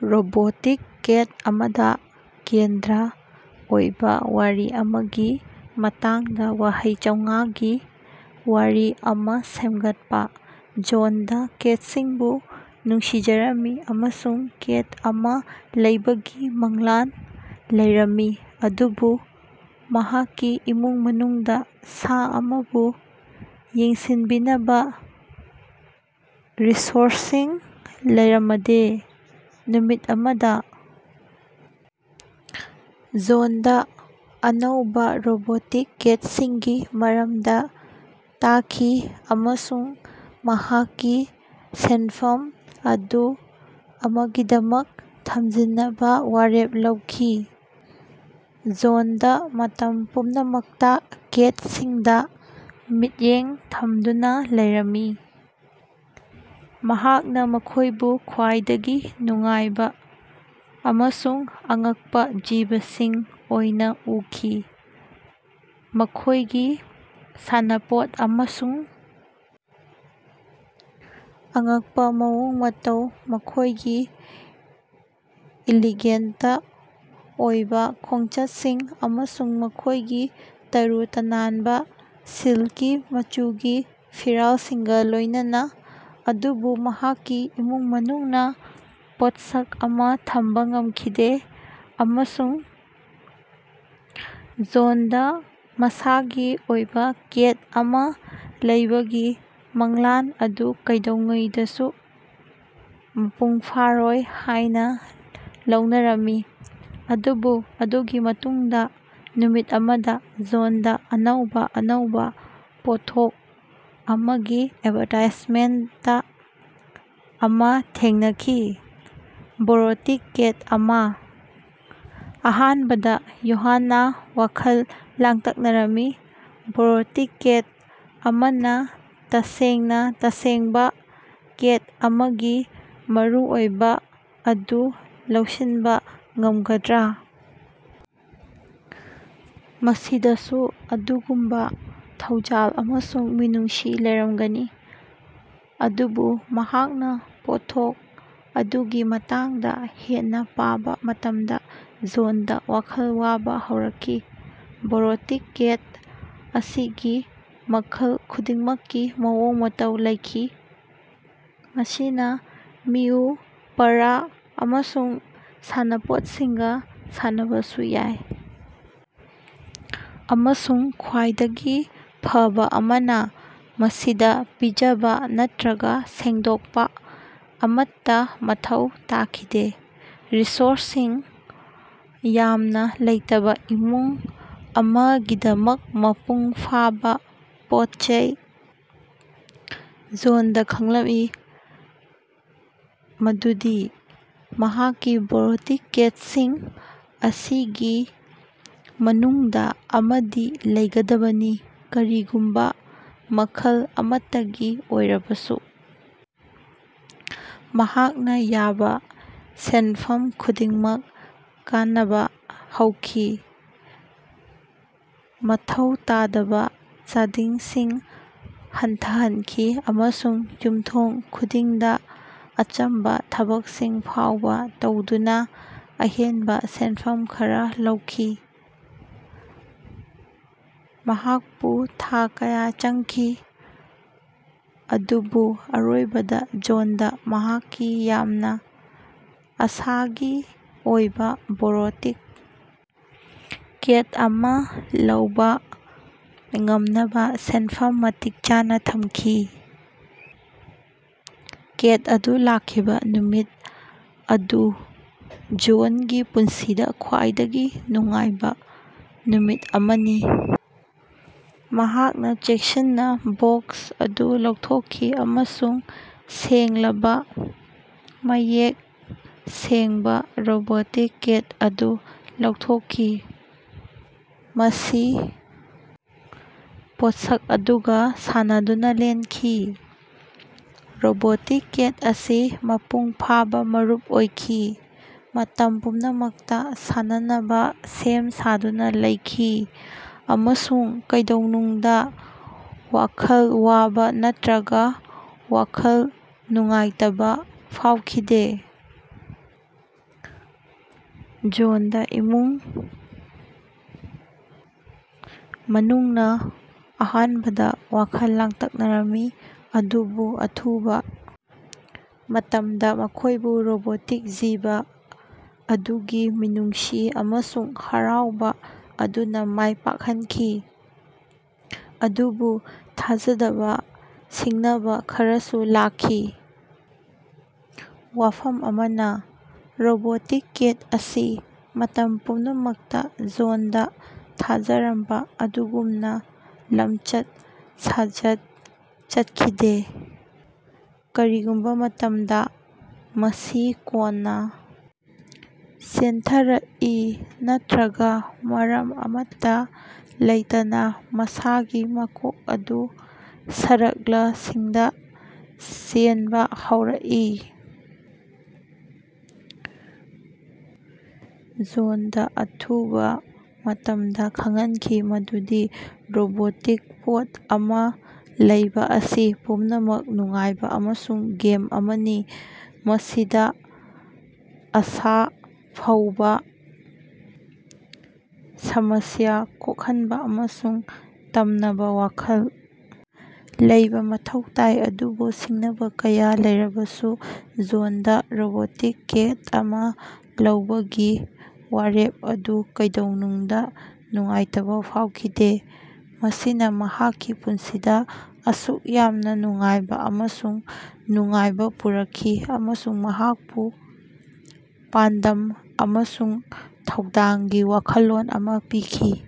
Robotic ꯀꯦꯠ ꯑꯃꯗꯥ ꯀꯦꯟꯗ꯭ꯔ ꯑꯣꯏꯕꯥ ꯋꯥꯔꯤ ꯑꯃꯒꯤ ꯃꯇꯥꯡꯗꯥ ꯋꯥꯍꯩ ꯆꯧꯉꯥꯒꯤ ꯋꯥꯔꯤ ꯑꯃꯥ ꯁꯦꯝꯒꯠꯄꯥ꯫ ꯖꯣꯟꯗꯥ ꯀꯦꯠꯁꯤꯡꯕꯨ ꯅꯨꯡꯁꯤꯖꯔꯝꯃꯤ ꯑꯃꯁꯨꯡ ꯀꯦꯠ ꯑꯃꯥ ꯂꯩꯕꯒꯤ ꯃꯪꯂꯥꯟ ꯂꯩꯔꯝꯃꯤ ꯑꯗꯨꯕꯨ ꯃꯍꯥꯛꯀꯤ ꯏꯃꯨꯡ ꯃꯅꯨꯡꯗꯥ ꯁꯥ ꯑꯃꯕꯨ ꯌꯦꯡꯁꯤꯟꯕꯤꯅꯕꯥ ꯔꯤꯁꯣꯔꯁꯁꯤꯡ ꯂꯩꯔꯃꯗꯦ꯫ ꯅꯨꯃꯤꯠ ꯑꯃꯗꯥ ꯖꯣꯟꯗꯥ ꯑꯅꯧꯕꯥ ꯔꯣꯕꯣꯇꯤꯛ ꯀꯦꯠꯁꯤꯡꯒꯤ ꯃꯔꯝꯗꯥ ꯇꯥꯈꯤ ꯑꯃꯁꯨꯡ ꯃꯍꯥꯛꯀꯤ ꯁꯦꯟꯐꯝ ꯑꯗꯨ ꯑꯃꯒꯤꯗꯃꯛ ꯊꯝꯖꯤꯟꯅꯕꯥ ꯋꯥꯔꯦꯞ ꯂꯧꯈꯤ꯫ ꯖꯣꯟꯗꯥ ꯃꯇꯝ ꯄꯨꯝꯅꯃꯛꯇꯥ ꯀꯦꯠꯁꯤꯡꯗꯥ ꯃꯤꯠꯌꯦꯡ ꯊꯝꯗꯨꯅꯥ ꯂꯩꯔꯝꯃꯤ꯫ ꯃꯍꯥꯛꯅꯥ ꯃꯈꯣꯏꯕꯨ ꯈ꯭ꯋꯥꯏꯗꯒꯤ ꯅꯨꯡꯉꯥꯏꯕꯥ ꯑꯃꯁꯨꯡ ꯑꯉꯛꯄꯥ ꯖꯤꯕꯁꯤꯡ ꯑꯣꯏꯅꯥ ꯎꯈꯤ, ꯃꯈꯣꯏꯒꯤ ꯁꯥꯟꯅꯄꯣꯠ ꯑꯃꯁꯨꯡ ꯑꯉꯛꯄꯥ ꯃꯑꯣꯡ ꯃꯇꯧ, ꯃꯈꯣꯏꯒꯤ ꯏꯂꯤꯒꯦꯟꯇ ꯑꯣꯏꯕꯥ ꯈꯣꯡꯆꯠꯁꯤꯡ ꯑꯃꯁꯨꯡ ꯃꯈꯣꯏꯒꯤ ꯇꯔꯨ ꯇꯅꯥꯟꯕꯥ, ꯁꯤꯜꯀꯤ ꯃꯆꯨꯒꯤ ꯐꯤꯔꯥꯜꯁꯤꯡꯒꯥ ꯂꯣꯏꯅꯅꯥ꯫ ꯑꯗꯨꯕꯨ ꯃꯍꯥꯛꯀꯤ ꯏꯃꯨꯡ ꯃꯅꯨꯡꯅꯥ ꯄꯣꯠꯁꯛ ꯑꯃꯥ ꯊꯝꯕꯥ ꯉꯝꯈꯤꯗꯦ ꯑꯃꯁꯨꯡ ꯖꯣꯟꯗꯥ ꯃꯁꯥꯒꯤ ꯑꯣꯏꯕꯥ ꯀꯦꯠ ꯑꯃꯥ ꯂꯩꯕꯒꯤ ꯃꯪꯂꯥꯟ ꯑꯗꯨ ꯀꯩꯗꯧꯉꯩꯗꯁꯨ ꯃꯄꯨꯡ ꯐꯥꯔꯣꯏ ꯍꯥꯏꯅꯥ ꯂꯧꯅꯔꯝꯃꯤ꯫ ꯑꯗꯨꯕꯨ ꯃꯗꯨꯒꯤ ꯃꯇꯨꯡꯗꯥ, ꯅꯨꯃꯤꯠ ꯑꯃꯗꯥ, ꯖꯣꯟꯗꯥ ꯑꯅꯧꯕꯥ, ꯑꯅꯧꯕꯥ ꯄꯣꯠꯊꯣꯛ ꯑꯃꯒꯤ ꯑꯦꯗꯚꯥꯔꯇꯥꯏꯖꯃꯦꯟꯇ ꯑꯃꯥ ꯊꯦꯡꯅꯈꯤ – ꯕꯣꯔꯣꯇꯤꯛ ꯀꯦꯠ ꯑꯃꯥ꯫ ꯑꯍꯥꯟꯕꯗꯥ ꯌꯣꯍꯥꯟꯅꯥ ꯋꯥꯈꯜ ꯂꯥꯡꯇꯛꯅꯔꯝꯃꯤ꯫ ꯕꯣꯔꯣꯇꯤꯛ ꯀꯦꯠ ꯑꯃꯅꯥ ꯇꯁꯦꯡꯅꯥ ꯇꯁꯦꯡꯕꯥ ꯀꯦꯠ ꯑꯃꯒꯤ ꯃꯔꯨꯑꯣꯏꯕꯥ ꯑꯗꯨ ꯂꯧꯁꯤꯟꯕꯥ ꯉꯝꯒꯗ꯭ꯔꯥ? ꯃꯁꯤꯗꯥꯁꯨ ꯑꯗꯨꯒꯨꯝꯕꯥ ꯊꯧꯖꯥꯜ ꯑꯃꯁꯨꯡ ꯃꯤꯅꯨꯡꯁꯤ ꯂꯩꯔꯝꯒꯅꯤ? ꯑꯗꯨꯕꯨ ꯃꯍꯥꯛꯅꯥ ꯄꯣꯠꯊꯣꯛ ꯑꯗꯨꯒꯤ ꯃꯇꯥꯡꯗꯥ ꯍꯦꯟꯅꯥ ꯄꯥꯕꯥ ꯃꯇꯝꯗꯥ ꯖꯣꯟꯗꯥ ꯋꯥꯈꯜ ꯋꯥꯕꯥ ꯍꯧꯔꯛꯈꯤ꯫ ꯕꯣꯔꯣꯇꯤꯛ ꯀꯦꯠ ꯑꯁꯤꯒꯤ ꯃꯈꯜ ꯈꯨꯗꯤꯡꯃꯛꯀꯤ ꯃꯑꯣꯡ ꯃꯇꯧ ꯂꯩꯈꯤ ꯃꯁꯤꯅꯥ ꯃꯤꯎ, ꯄꯔꯥ, ꯑꯃꯁꯨꯡ ꯁꯥꯟꯅꯄꯣꯠꯁꯤꯡꯒꯥ ꯁꯥꯟꯅꯕꯁꯨ ꯌꯥꯏ꯫ ꯑꯃꯁꯨꯡ ꯈ꯭ꯋꯥꯏꯗꯒꯤ ꯐꯕꯥ ꯑꯃꯅꯥ, ꯃꯁꯤꯗꯥ ꯄꯤꯖꯕꯥ ꯅꯠꯇ꯭ꯔꯒꯥ ꯁꯦꯡꯗꯣꯛꯄꯥ ꯑꯃꯠꯇꯥ ꯃꯊꯧ ꯇꯥꯈꯤꯗꯦ ꯔꯤꯁꯣꯔꯁꯁꯤꯡ ꯌꯥꯝꯅꯥ ꯂꯩꯇꯕꯥ ꯏꯃꯨꯡ ꯑꯃꯒꯤꯗꯃꯛ ꯃꯄꯨꯡ ꯐꯥꯕꯥ ꯄꯣꯠꯆꯩ꯫ ꯖꯣꯟꯗꯥ ꯈꯪꯂꯝꯏ ꯃꯗꯨꯗꯤ ꯃꯍꯥꯛꯀꯤ ꯕꯣꯔꯣꯇꯤꯛ ꯀꯦꯠꯁꯤꯡ ꯑꯁꯤꯒꯤ ꯃꯅꯨꯡꯗꯥ ꯑꯃꯗꯤ ꯂꯩꯒꯗꯕꯅꯤ, ꯀꯔꯤꯒꯨꯝꯕꯥ ꯃꯈꯜ ꯑꯃꯠꯇꯒꯤ ꯑꯣꯏꯔꯕꯁꯨ꯫ ꯃꯍꯥꯛꯅꯥ ꯌꯥꯕꯥ ꯁꯦꯟꯐꯝ ꯈꯨꯗꯤꯡꯃꯛ ꯀꯥꯟꯅꯕꯥ ꯍꯧꯈꯤ, ꯃꯊꯧ ꯇꯥꯗꯕꯥ ꯆꯥꯗꯤꯡꯁꯤꯡ ꯍꯟꯊꯍꯟꯈꯤ ꯑꯃꯁꯨꯡ ꯌꯨꯝꯊꯣꯡ ꯈꯨꯗꯤꯡꯗꯥ ꯑꯆꯝꯕꯥ ꯊꯕꯛꯁꯤꯡ ꯐꯥꯎꯕꯥ ꯇꯧꯗꯨꯅꯥ ꯑꯍꯦꯟꯕꯥ ꯁꯦꯟꯐꯝ ꯈꯔꯥ ꯂꯧꯈꯤ꯫ ꯃꯍꯥꯛꯄꯨ ꯊꯥ ꯀꯌꯥ ꯆꯪꯈꯤ, ꯑꯗꯨꯕꯨ ꯑꯔꯣꯏꯕꯗꯥ, ꯖꯣꯟꯗꯥ ꯃꯍꯥꯛꯀꯤ ꯌꯥꯝꯅꯥ ꯑꯁꯥꯒꯤ ꯑꯣꯏꯕꯥ ꯕꯣꯔꯣꯇꯤꯛ ꯀꯦꯠ ꯑꯃꯥ ꯂꯧꯕꯥ ꯉꯝꯅꯕꯥ ꯁꯦꯟꯐꯝ ꯃꯇꯤꯛ ꯆꯥꯅꯥ ꯊꯝꯈꯤ꯫ ꯀꯦꯠ ꯑꯗꯨ ꯂꯥꯛꯈꯤꯕꯥ ꯅꯨꯃꯤꯠ ꯑꯗꯨ ꯖꯣꯟꯒꯤ ꯄꯨꯟꯁꯤꯗꯥ ꯈ꯭ꯋꯥꯏꯗꯒꯤ ꯅꯨꯡꯉꯥꯏꯕꯥ ꯅꯨꯃꯤꯠ ꯑꯃꯅꯤ꯫ ꯃꯍꯥꯛꯅꯥ ꯆꯦꯛꯁꯤꯟꯅꯥ ꯕꯣꯛꯁ ꯑꯗꯨ ꯂꯧꯊꯣꯛꯈꯤ ꯑꯃꯁꯨꯡ ꯁꯦꯡꯂꯕꯥ, ꯃꯌꯦꯛ ꯁꯦꯡꯕꯥ ꯔꯣꯕꯣꯇꯤꯛ ꯀꯦꯠ ꯑꯗꯨ ꯂꯧꯊꯣꯛꯈꯤ꯫ ꯃꯁꯤ ꯄꯣꯠꯁꯛ ꯑꯗꯨꯒꯥ ꯁꯥꯟꯅꯗꯨꯅꯥ ꯂꯦꯟꯈꯤ꯫ ꯔꯣꯕꯣꯇꯤꯛ ꯀꯦꯠ ꯑꯁꯤ ꯃꯄꯨꯡ ꯐꯥꯕꯥ ꯃꯔꯨꯞ ꯑꯣꯏꯈꯤ, ꯃꯇꯝ ꯄꯨꯝꯅꯃꯛꯇꯥ ꯁꯥꯟꯅꯅꯕꯥ ꯁꯦꯝ ꯁꯥꯗꯨꯅꯥ ꯂꯩꯈꯤ, ꯑꯃꯁꯨꯡ ꯀꯩꯗꯧꯅꯨꯡꯗꯥ ꯋꯥꯈꯜ ꯋꯥꯕꯥ ꯅꯠꯇ꯭ꯔꯒꯥ ꯋꯥꯈꯜ ꯅꯨꯡꯉꯥꯏꯇꯕꯥ ꯐꯥꯎꯈꯤꯗꯦ꯫ ꯖꯣꯟꯗꯥ ꯏꯃꯨꯡ ꯃꯅꯨꯡꯅꯥ ꯑꯍꯥꯟꯕꯗꯥ ꯋꯥꯈꯜ ꯂꯥꯡꯇꯛꯅꯔꯝꯃꯤ ꯑꯗꯨꯕꯨ ꯑꯊꯨꯕꯥ ꯃꯇꯝꯗꯥ ꯃꯈꯣꯏꯕꯨ ꯔꯣꯕꯣꯇꯤꯛ ꯖꯤꯕ ꯑꯗꯨꯒꯤ ꯃꯤꯅꯨꯡꯁꯤ ꯑꯃꯁꯨꯡ ꯍꯔꯥꯎꯕꯥ ꯑꯗꯨꯅꯥ ꯃꯥꯏ ꯄꯥꯛꯍꯟꯈꯤ꯫ ꯑꯗꯨꯕꯨ ꯊꯥꯖꯗꯕꯥ ꯁꯤꯡꯅꯕꯥ ꯈꯔꯁꯨ ꯂꯥꯛꯈꯤ꯫ ꯋꯥꯐꯝ ꯑꯃꯅꯥ ꯔꯣꯕꯣꯇꯤꯛ ꯀꯦꯠ ꯑꯁꯤ ꯃꯇꯝ ꯄꯨꯝꯅꯃꯛꯇꯥ ꯖꯣꯟꯗꯥ ꯊꯥꯖꯔꯝꯕꯥ ꯑꯗꯨꯒꯨꯝꯅꯥ ꯂꯝꯆꯠ ꯁꯥꯖꯠ ꯆꯠꯈꯤꯗꯦ꯫ ꯀꯔꯤꯒꯨꯝꯕꯥ ꯃꯇꯝꯗꯥ, ꯃꯁꯤ ꯀꯣꯟꯅꯥ ꯆꯦꯟꯊꯔꯛꯏ ꯅꯠꯇ꯭ꯔꯒꯥ ꯃꯔꯝ ꯑꯃꯠꯇꯥ ꯂꯩꯇꯅꯥ ꯃꯁꯥꯒꯤ ꯃꯀꯣꯛ ꯑꯗꯨ ꯁꯔꯛꯂꯁꯤꯡꯗꯥ ꯆꯦꯟꯕꯥ ꯍꯧꯔꯛꯏ꯫ ꯖꯣꯟꯗꯥ ꯑꯊꯨꯕꯥ ꯃꯇꯝꯗꯥ ꯈꯪꯍꯟꯈꯤ ꯃꯗꯨꯗꯤ ꯔꯣꯕꯣꯇꯤꯛ ꯄꯣꯠ ꯑꯃꯥ ꯂꯩꯕꯥ ꯑꯁꯤ ꯄꯨꯝꯅꯃꯛ ꯅꯨꯡꯉꯥꯏꯕꯥ ꯑꯃꯁꯨꯡ ꯒꯦꯝ ꯑꯃꯅꯤ ꯃꯁꯤꯗꯥ ꯑꯁꯥꯐꯧꯕꯥ, ꯁꯃꯁ꯭ꯌꯥ ꯀꯣꯛꯍꯟꯕꯥ ꯑꯃꯁꯨꯡ ꯇꯝꯅꯕꯥ ꯋꯥꯈꯜ ꯂꯩꯕꯥ ꯃꯊꯧ ꯇꯥꯏ꯫ ꯑꯗꯨꯕꯨ ꯁꯤꯡꯅꯕꯥ ꯀꯌꯥ ꯂꯩꯔꯕꯁꯨ ꯖꯣꯟꯗꯥ ꯔꯣꯕꯣꯇꯤꯛ ꯀꯦꯠ ꯑꯃꯥ ꯂꯧꯕꯒꯤ ꯋꯥꯔꯦꯞ ꯑꯗꯨ ꯀꯩꯗꯧꯅꯨꯡꯗꯥ ꯅꯨꯡꯉꯥꯏꯇꯕꯥ ꯐꯥꯎꯈꯤꯗꯦ꯫ ꯃꯁꯤꯅꯥ ꯃꯍꯥꯛꯀꯤ ꯄꯨꯟꯁꯤꯗꯥ ꯑꯁꯨꯛ ꯌꯥꯝꯅꯥ ꯅꯨꯡꯉꯥꯏꯕꯥ ꯑꯃꯁꯨꯡ ꯅꯨꯡꯉꯥꯏꯕꯥ ꯄꯨꯔꯛꯈꯤ ꯑꯃꯁꯨꯡ ꯃꯍꯥꯛꯄꯨ ꯄꯥꯟꯗꯝ ꯑꯃꯁꯨꯡ ꯊꯧꯗꯥꯡꯒꯤ ꯋꯥꯈꯜꯂꯣꯟ ꯑꯃꯥ ꯄꯤꯈꯤ꯫